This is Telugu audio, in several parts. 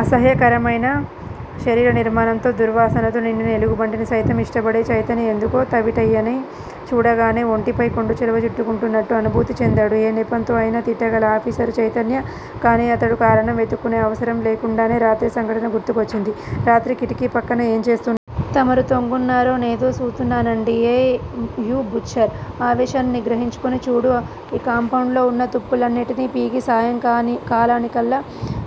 అసహ్యకరమయిన శరీర నిర్మాణంతో, దుర్వాసనతో నిండిన ఎలుగుబంటిని సైతం ఇష్టపడే చైతన్య ఎందుకో తవిటయ్యని చూడగానే ఒంటిపై కొండచిలువ చుట్టుకుంటున్నట్టు అనుభూతి చెందాడు. ఏ నెపంతోనయినా తిట్టగల ఆఫీసరు చైతన్య. కాని, అతడు కారణం వెదుక్కునే అవసరం లేకుండానే రాత్రి సంఘటన గుర్తుకొచ్చింది. రాత్రి కిటికీ పక్కన ఏం చేస్తున్నావు? తమరు తొంగున్నారో, నేదో సూతున్నానండి. You butcher! ఆవేశాన్ని నిగ్రహించుకుని, చూడూ! ఈ కాంపౌండ్ లోవున్న తుప్పులన్నింటినీ పీకి సాయంకాలానికల్లా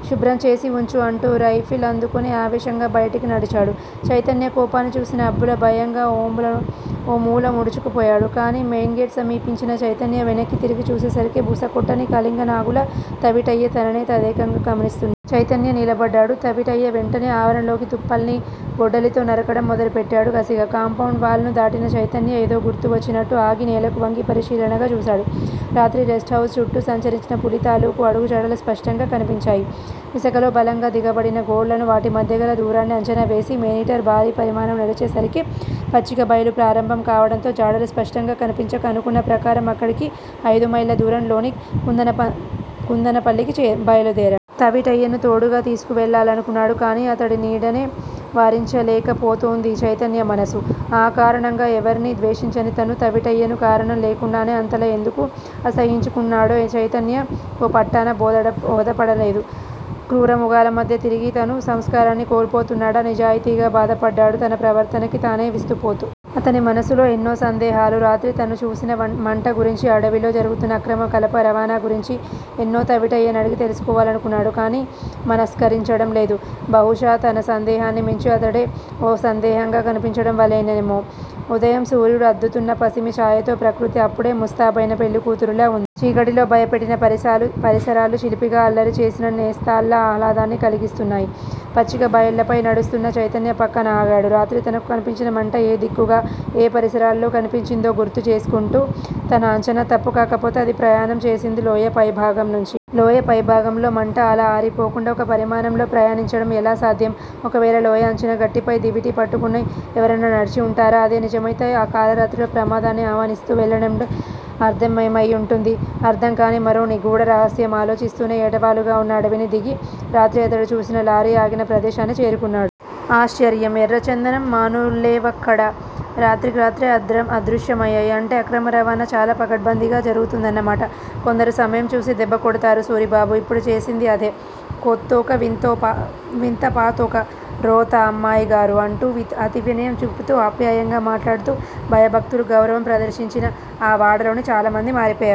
శుభ్రం చేసి వుంచు అంటూ రైఫిల్ అందుకుని ఆవేశంగా బయటికినడిచాడు. చైతన్య కోపాన్ని చూసిన అబ్బులు భయంగా ఓమూల ముడుచుకు పోయాడు. కాని__ మెయిన్ గేటు సమీపించిన చైతన్య వెనక్కి తిరిగి చూసేసరికి బుసకొట్టని కళింగనాగులా తవిటయ్య తననే తదేకంగా గమనిస్తున్నాడు. చైతన్య నిలబడ్డాడు. తవిటయ్య వెంటనే ఆవరణలోకి తుప్పల్ని గొడ్డలితో నరకడం మొదలు పెట్టాడు కసిగా. కాంపౌండ్ వాల్ ను దాటిన చైతన్య ఏదో గుర్తు వచ్చినట్టు ఆగి నేలకు వంగి పరిశీలనగా చూశాడు. రాత్రి రెస్టుహౌస్ చుట్టూ సంచరించిన పులితాలూకు అడుగుజాడలు స్పష్టంగా కనిపించాయి. ఇసకలో బలంగా దిగబడిన గోళ్ళను వాటి మధ్యగల దూరాన్ని అంచనావేసి మేనీటర్ భారీ పరిమాణం నడిచేసరికి పచ్చిక బయలు ప్రారంభం కావడంతో జాడలు స్పష్టంగా కనిపించక, అనుకున్న ప్రకారం అక్కడికి అయిదు మైళ్ళ దూరంలోని కుందనపల్లికి బయలుదేరాడు. తవిటయ్యని తోడుగా తీసుకు వెళ్ళాలనుకున్నాడు కాని, అతని నీడనే వారించలేకపోతూంది చైతన్య మనసు. ఆకారణంగా ఎవర్నీ ద్వేషించని తను తవిటయ్యని కారణం లేకుండానే అంతలా ఎందుకు అసహ్యించుకుంటున్నాడో చైతన్య ఓ పట్టాన బోధపడలేదు. క్రూరమృగాల మధ్య తిరిగి తనూ సంస్కారాన్ని కోల్పోతున్నాడా? నిజాయితీగా బాధపడ్డాడు తన ప్రవర్తనకి తనే విస్తుపోతూ. అతని మనసులో ఎన్నో సందేహాలూ రాత్రి తనుచూసిన మంట గురించి, అడవిలో జరుగుతున్న అక్రమ కలప రవాణాగురించి ఎన్నో తవిటయ్య నడిగి తెలుసుకోవాలనుకున్నాడు. కాని, మనస్కరించడంలేదు. బహుశా తన సందేహాన్ని మించి అతడే ఓ సందేహంగా కనిపించటం వలనేమో. ఉదయ సూర్యుడు అద్దుతున్న పసిమి చాయతో ప్రకృతి అప్పుడే ముస్తాబైన పెళ్ళికూతురిలా వుంది. చీకటిలో భయపెట్టిన పరిసరాలు చిలిపిగా అల్లరిచేసిన నేస్తాల్లా ఆహ్లాదాన్ని కలిగిస్తున్నాయి. పచ్చిక బయళ్ళపై నడుస్తున్న చైతన్య పక్కన ఆగాడు, రాత్రి తనకు కనిపించిన మంట ఏ దిక్కుగా, ఏ పరిసరాల్లో కనిపించిందీ గుర్తు చేసుకుంటూ. తన అంచనా తప్పుకాకపోతే అది ప్రయాణం చేసింది లోయ పైభాగం నుంచి. లోయ పైభాగంలో మంట అలా ఆరిపోకుండా ఒక పరిమాణంలో ప్రయాణించడం ఎలా సాధ్యం. ఒకవేళ లోయ అంచున గట్టుపై దివిటీ పట్టుకుని ఎవరన్నానడిచి ఉంటారా? అదే నిజమయితే ఆ కాళరాత్రిలో ప్రమాదాన్ని ఆహ్వానిస్తూ వెళ్ళడంలో అర్ధమేమయి వుంటుంది? అర్ధం కాని మరో నిగూఢ రహస్యం. ఆలోచిస్తూనే ఏటవాలుగావున్న అడవిని దిగి రాత్రి అతడు చూసిన లారీ ఆగిన ప్రదేశాన్ని చేరుకున్నాడు. ఆశ్చర్యం. ఎర్రచందనం మానుల్లేవక్కడ. రాత్రికి రాత్రే అదృశ్యమయ్యాయి. అంటే అక్రమ రవాణా చాలా పకడ్భందీగా జరుగుతుందన్నమాట. కొందరు సమయంచూసి దెబ్బకొడతారు. సూరిబాబు ఇప్పుడు చేసింది అదే. కొత్తొక వింత పాతొక రోత! అమ్మాయిగారూ! అంటూ అతివినయం చూపుతూ ఆప్యాయంగా మాట్లాడుతూ భయభక్తులు గౌరవం ప్రదర్శించిన ఆ వాడలోని చాలామంది మారిపోయారు.